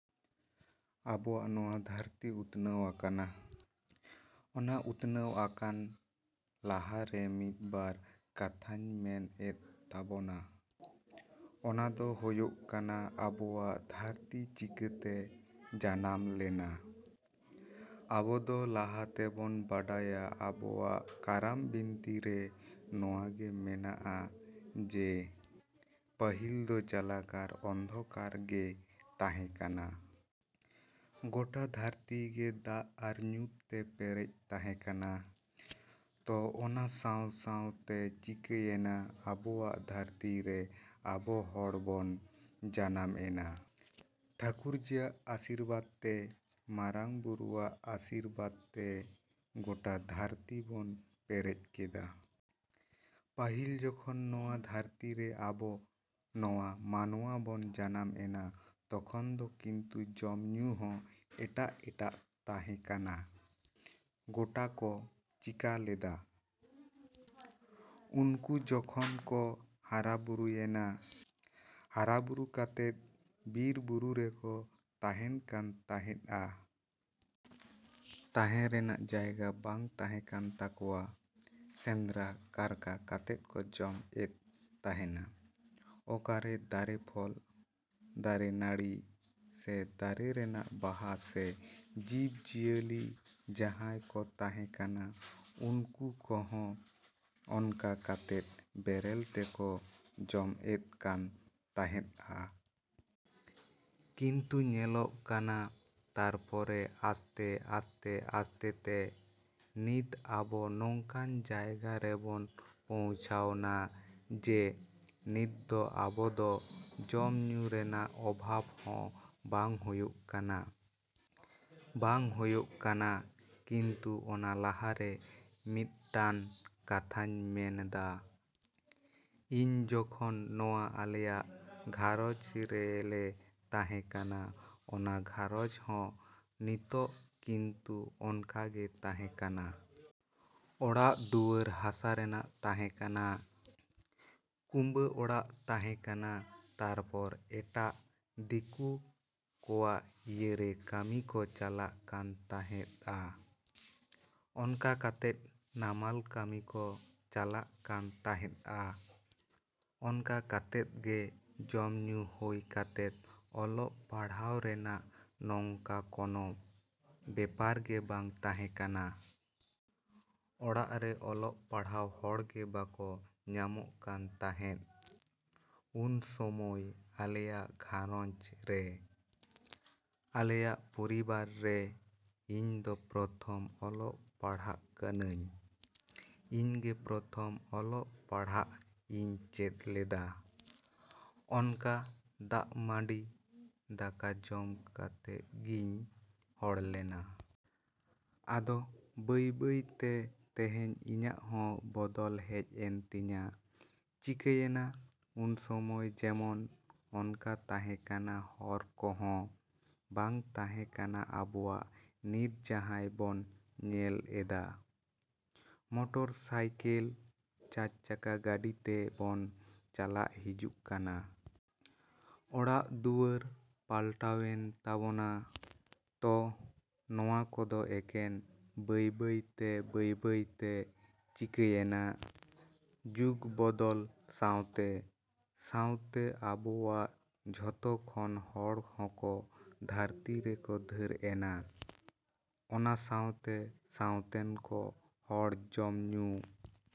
ᱟᱵᱚᱣᱟᱜ ᱱᱚᱶᱟ ᱫᱷᱟᱹᱨᱛᱤ ᱩᱛᱱᱟᱹᱣ ᱟᱠᱟᱱᱟ᱾ ᱚᱱᱟ ᱩᱛᱱᱟᱹᱣ ᱟᱠᱟᱱ ᱞᱟᱦᱟᱨᱮ ᱢᱤᱫᱵᱟᱨ ᱠᱟᱛᱷᱟᱧ ᱢᱮᱱ ᱮᱫ ᱛᱟᱵᱚᱱᱟ᱾ ᱚᱱᱟ ᱫᱚ ᱦᱳᱭᱳᱜ ᱠᱟᱱᱟ ᱟᱵᱚᱣᱟᱜ ᱫᱷᱟᱹᱨᱛᱤ ᱪᱤᱠᱟᱹᱛᱮ ᱡᱟᱱᱟᱢ ᱞᱮᱱᱟ? ᱟᱵᱚᱫᱚ ᱞᱟᱦᱟᱛᱮᱵᱚᱱ ᱵᱟᱲᱟᱭᱟ ᱟᱵᱚᱣᱟᱜ ᱠᱟᱨᱟᱢ ᱵᱤᱱᱛᱤᱨᱮ ᱱᱚᱶᱟ ᱜᱮ ᱢᱮᱱᱟᱜᱼᱟ ᱡᱮ ᱯᱟᱹᱦᱤᱞ ᱫᱚ ᱡᱟᱞᱟᱠᱟᱨ ᱚᱱᱫᱷᱚᱠᱟᱨ ᱜᱮ ᱛᱟᱦᱮᱸ ᱠᱟᱱᱟ᱾ ᱜᱚᱴᱟ ᱫᱷᱟᱹᱨᱛᱤ ᱜᱮ ᱫᱟᱜ ᱟᱨ ᱧᱩᱛ ᱛᱮ ᱯᱮᱨᱮᱡ ᱛᱟᱦᱮᱸ ᱠᱟᱱᱟ᱾ ᱛᱚ ᱚᱱᱟ ᱥᱟᱶ ᱥᱟᱶᱛᱮ ᱪᱤᱠᱟᱹᱭᱮᱱᱟ ᱟᱵᱚᱣᱟᱜ ᱫᱷᱟᱹᱨᱛᱤ ᱨᱮ ᱟᱵᱚ ᱦᱚᱲ ᱵᱚᱱ ᱡᱟᱱᱟᱢ ᱮᱱᱟ᱾ ᱴᱷᱟᱹᱠᱩᱨᱡᱤ ᱟᱜ ᱟᱥᱤᱨᱵᱟᱫᱽᱛᱮ, ᱢᱟᱨᱟᱝ ᱵᱩᱨᱩ ᱟᱜ ᱟᱹᱥᱤᱨᱵᱟᱫᱽ ᱛᱮ ᱜᱳᱴᱟ ᱫᱷᱟᱹᱨᱛᱤ ᱵᱚᱱ ᱯᱮᱨᱮᱡ ᱠᱮᱫᱟ᱾ ᱯᱟᱹᱦᱤᱞ ᱡᱮᱠᱷᱚᱱ ᱱᱚᱶᱟ ᱫᱷᱟᱹᱨᱛᱤᱨᱮ ᱟᱵᱚ ᱱᱚᱶᱟ ᱢᱟᱱᱣᱟ ᱵᱚᱱ ᱡᱟᱱᱟᱢ ᱮᱱᱟ ᱛᱚᱠᱷᱚᱱ ᱫᱚ ᱠᱤᱱᱛᱩ ᱡᱚᱢ ᱧᱩ ᱦᱚᱸ ᱮᱴᱟᱜ ᱮᱴᱟᱜ ᱛᱟᱦᱮᱸ ᱠᱟᱱᱟ᱾ ᱜᱳᱴᱟ ᱠᱚ ᱪᱤᱠᱟ ᱞᱮᱫᱟ? ᱩᱱᱠᱩ ᱡᱚᱠᱷᱚᱱ ᱠᱚ ᱦᱟᱨᱟ ᱵᱩᱨᱩᱭᱮᱱᱟ, ᱦᱟᱨᱟ ᱵᱩᱨᱩ ᱠᱟᱛᱮᱫ ᱵᱤᱨ ᱵᱩᱨᱩ ᱨᱮᱠᱚ ᱛᱟᱦᱮᱱ ᱠᱟᱱ ᱛᱟᱦᱮᱫᱼᱟ᱾ ᱛᱟᱦᱮᱱ ᱨᱮᱱᱟᱜ ᱡᱟᱭᱜᱟ ᱵᱟᱝ ᱛᱟᱦᱮ ᱠᱟᱱ ᱛᱟᱠᱚᱣᱟ᱾ ᱥᱮᱸᱫᱽᱨᱟ ᱠᱟᱨᱠᱟ ᱠᱟᱛᱮᱜ ᱠᱚ ᱡᱚᱢ ᱮᱫ ᱛᱟᱸᱦᱮᱱᱟ᱾ ᱚᱠᱟᱨᱮ ᱫᱟᱨᱮ ᱯᱷᱚᱞ, ᱫᱟᱨᱮ ᱱᱟᱲᱤ ᱥᱮ ᱫᱟᱨᱮ ᱨᱮᱱᱟᱜ ᱵᱟᱦᱟ ᱥᱮ ᱡᱤᱵᱽ ᱡᱤᱭᱟᱹᱞᱤ ᱡᱟᱦᱟᱸᱭ ᱠᱚ ᱛᱟᱦᱮᱸ ᱠᱟᱱᱟ ᱩᱱᱠᱩ ᱠᱚᱸᱦᱚ ᱚᱱᱠᱟ ᱠᱟᱛᱮᱫ ᱵᱮᱨᱮᱞ ᱛᱮᱠᱚ ᱡᱚᱢ ᱮᱫ ᱠᱟᱱ ᱛᱟᱦᱮᱸᱫᱼᱟ᱾ ᱠᱤᱱᱛᱩ ᱧᱮᱞᱚᱜ ᱠᱟᱱᱟ ᱛᱟᱨᱯᱚᱨᱮ ᱟᱥᱛᱮ ᱟᱥᱛᱮ ᱟᱥᱛᱮ ᱛᱮ ᱱᱤᱛ ᱟᱵᱚ ᱱᱚᱝᱠᱟᱱ ᱡᱟᱭᱜᱟ ᱨᱮᱵᱚᱱ ᱯᱳᱣᱪᱷᱟᱣᱱᱟ ᱡᱮ ᱱᱤᱛ ᱫᱚ ᱟᱵᱚ ᱫᱚ ᱡᱚᱢ ᱧᱩ ᱨᱮᱱᱟᱜ ᱚᱵᱷᱟᱵᱽ ᱦᱚᱸ ᱵᱟᱝ ᱦᱳᱭᱳᱜ ᱠᱟᱱᱟ᱾ ᱵᱟᱝ ᱦᱳᱭᱳᱜ ᱠᱟᱱᱟ ᱠᱤᱱᱛᱩ ᱚᱱᱟ ᱞᱟᱦᱟᱨᱮ ᱢᱤᱫᱴᱟᱱ ᱠᱟᱛᱷᱟᱧ ᱢᱮᱱᱫᱟ ᱤᱧ ᱡᱚᱠᱷᱚᱱ ᱱᱚᱶᱟ ᱟᱞᱮᱭᱟᱜ ᱜᱷᱟᱸᱨᱚᱧᱡᱽ ᱨᱮᱞᱮ ᱛᱟᱦᱮᱸ ᱠᱟᱱᱟ ᱚᱱᱟ ᱜᱷᱟᱸᱨᱚᱧᱡᱽ ᱦᱚᱸ ᱱᱤᱛᱚᱜ ᱠᱤᱱᱛᱩ ᱚᱱᱠᱟᱜᱮ ᱛᱟᱦᱮᱸ ᱠᱟᱱᱟ᱾ ᱚᱲᱟᱜ ᱫᱩᱣᱟᱹᱨ ᱦᱟᱥᱟ ᱨᱮᱱᱟᱜ ᱛᱟᱦᱮᱸ ᱠᱟᱱᱟ, ᱠᱩᱸᱵᱟᱹ ᱚᱲᱟᱜ ᱛᱟᱦᱮᱸ ᱠᱟᱱᱟ ᱛᱟᱨᱯᱚᱨ ᱮᱴᱟᱜ ᱫᱤᱠᱳ ᱠᱚᱣᱟᱜ ᱤᱭᱟᱹᱨᱮ ᱠᱟᱹᱢᱤ ᱠᱚ ᱪᱟᱞᱟᱜ ᱠᱟᱱ ᱛᱟᱦᱮᱫᱼᱟ᱾ ᱚᱱᱠᱟ ᱠᱟᱛᱮᱫ ᱱᱟᱢᱟᱞ ᱠᱟᱹᱢᱤ ᱠᱚ ᱪᱟᱞᱟᱜ ᱠᱟᱱ ᱛᱟᱦᱮᱸᱫᱼᱟ᱾ ᱚᱱᱠᱟ ᱠᱟᱛᱮᱫ ᱜᱮ ᱡᱚᱢ ᱧᱩ ᱦᱳᱭ ᱠᱟᱛᱮᱫ ᱚᱞᱚᱜ ᱯᱟᱲᱦᱟᱜ ᱨᱮᱱᱟᱜ ᱱᱚᱝᱠᱟ ᱠᱳᱱᱳ ᱵᱮᱯᱟᱨ ᱜᱮ ᱵᱟᱝ ᱛᱟᱦᱮᱸ ᱠᱟᱱᱟ᱾ ᱚᱲᱟᱜ ᱨᱮ ᱚᱞᱚᱜ ᱯᱟᱲᱦᱟᱣ ᱦᱚᱲᱜᱮ ᱵᱟᱠᱚ ᱧᱟᱢᱚᱜ ᱠᱟᱱ ᱛᱟᱦᱮᱸᱫ ᱩᱱ ᱥᱳᱢᱳᱭ ᱟᱞᱮᱭᱟᱜ ᱜᱷᱟᱨᱚᱸᱧᱪ ᱨᱮ, ᱟᱞᱮᱭᱟ ᱯᱚᱨᱤᱵᱟᱨ ᱨᱮ ᱤᱧ ᱫᱚ ᱯᱨᱚᱛᱷᱚᱢ ᱚᱞᱚᱜ ᱯᱟᱲᱦᱟᱜ ᱠᱟᱱᱟᱹᱧ᱾ ᱤᱧᱜᱮ ᱯᱨᱚᱛᱷᱚᱢ ᱚᱞᱚᱜ ᱯᱟᱲᱦᱟᱜ ᱤᱧ ᱪᱮᱫ ᱞᱮᱫᱟ᱾ ᱚᱱᱠᱟᱫᱟᱜ ᱢᱟᱰᱤ ᱫᱟᱠᱟ ᱡᱚᱢ ᱠᱟᱛᱮᱫ ᱜᱤᱧ ᱦᱚᱲ ᱞᱮᱱᱟ᱾ ᱟᱫᱚ ᱵᱟᱹᱭ ᱵᱟᱹᱭᱛᱮ ᱛᱮᱹᱦᱮᱹᱧ ᱤᱧᱟᱹᱜ ᱦᱚᱸ ᱵᱚᱫᱚᱞ ᱦᱮᱡ ᱮᱱ ᱛᱤᱧᱟ᱾ ᱪᱤᱠᱟᱹᱭᱮᱱᱟ ᱩᱱᱥᱳᱢᱳᱭ ᱡᱮᱢᱚᱱ ᱚᱱᱠᱟ ᱛᱟᱦᱮᱸ ᱠᱟᱱᱟ ᱦᱚᱨ ᱠᱚᱸᱦᱚᱸ ᱵᱟᱝ ᱛᱟᱦᱮᱸ ᱠᱟᱱᱟ ᱟᱵᱚᱣᱟᱜ ᱱᱤᱛ ᱡᱟᱦᱟᱭ ᱵᱚᱱ ᱧᱮᱞ ᱮᱫᱟ᱾ ᱢᱳᱴᱚᱨ ᱥᱟᱭᱠᱮᱞ, ᱪᱟᱨᱪᱟᱠᱟ ᱜᱟᱹᱰᱤ ᱛᱮ ᱵᱚᱱ ᱪᱟᱞᱟᱜ ᱦᱤᱡᱩᱜ ᱠᱟᱱᱟ᱾ ᱚᱲᱟᱜ ᱫᱩᱣᱟᱹᱨ ᱯᱟᱞᱴᱟᱣ ᱮᱱ ᱛᱟᱵᱚᱱᱟ᱾ ᱛᱚ ᱱᱚᱶᱟ ᱠᱚᱫᱚ ᱮᱠᱮᱱ ᱵᱟᱹᱭ ᱵᱟᱹᱭᱛᱮ ᱵᱟᱹᱭ ᱵᱟᱹᱭᱛᱮ ᱪᱤᱠᱟᱭᱮᱱᱟ? ᱡᱩᱜᱽ ᱵᱚᱫᱚᱞ ᱥᱟᱶᱛᱮ ᱥᱟᱶᱛᱮ ᱟᱵᱚᱣᱟᱜ ᱡᱚᱛᱚᱠᱷᱚᱱ ᱦᱚᱲ ᱦᱚᱠᱚ ᱫᱷᱟᱹᱨᱛᱤ ᱨᱮᱠᱚ ᱫᱷᱮᱨ ᱮᱱᱟ ᱚᱱᱟ ᱥᱟᱶᱛᱮ ᱥᱟᱶᱛᱮᱱ ᱠᱚ ᱦᱚᱲ ᱡᱚᱢ ᱧᱩ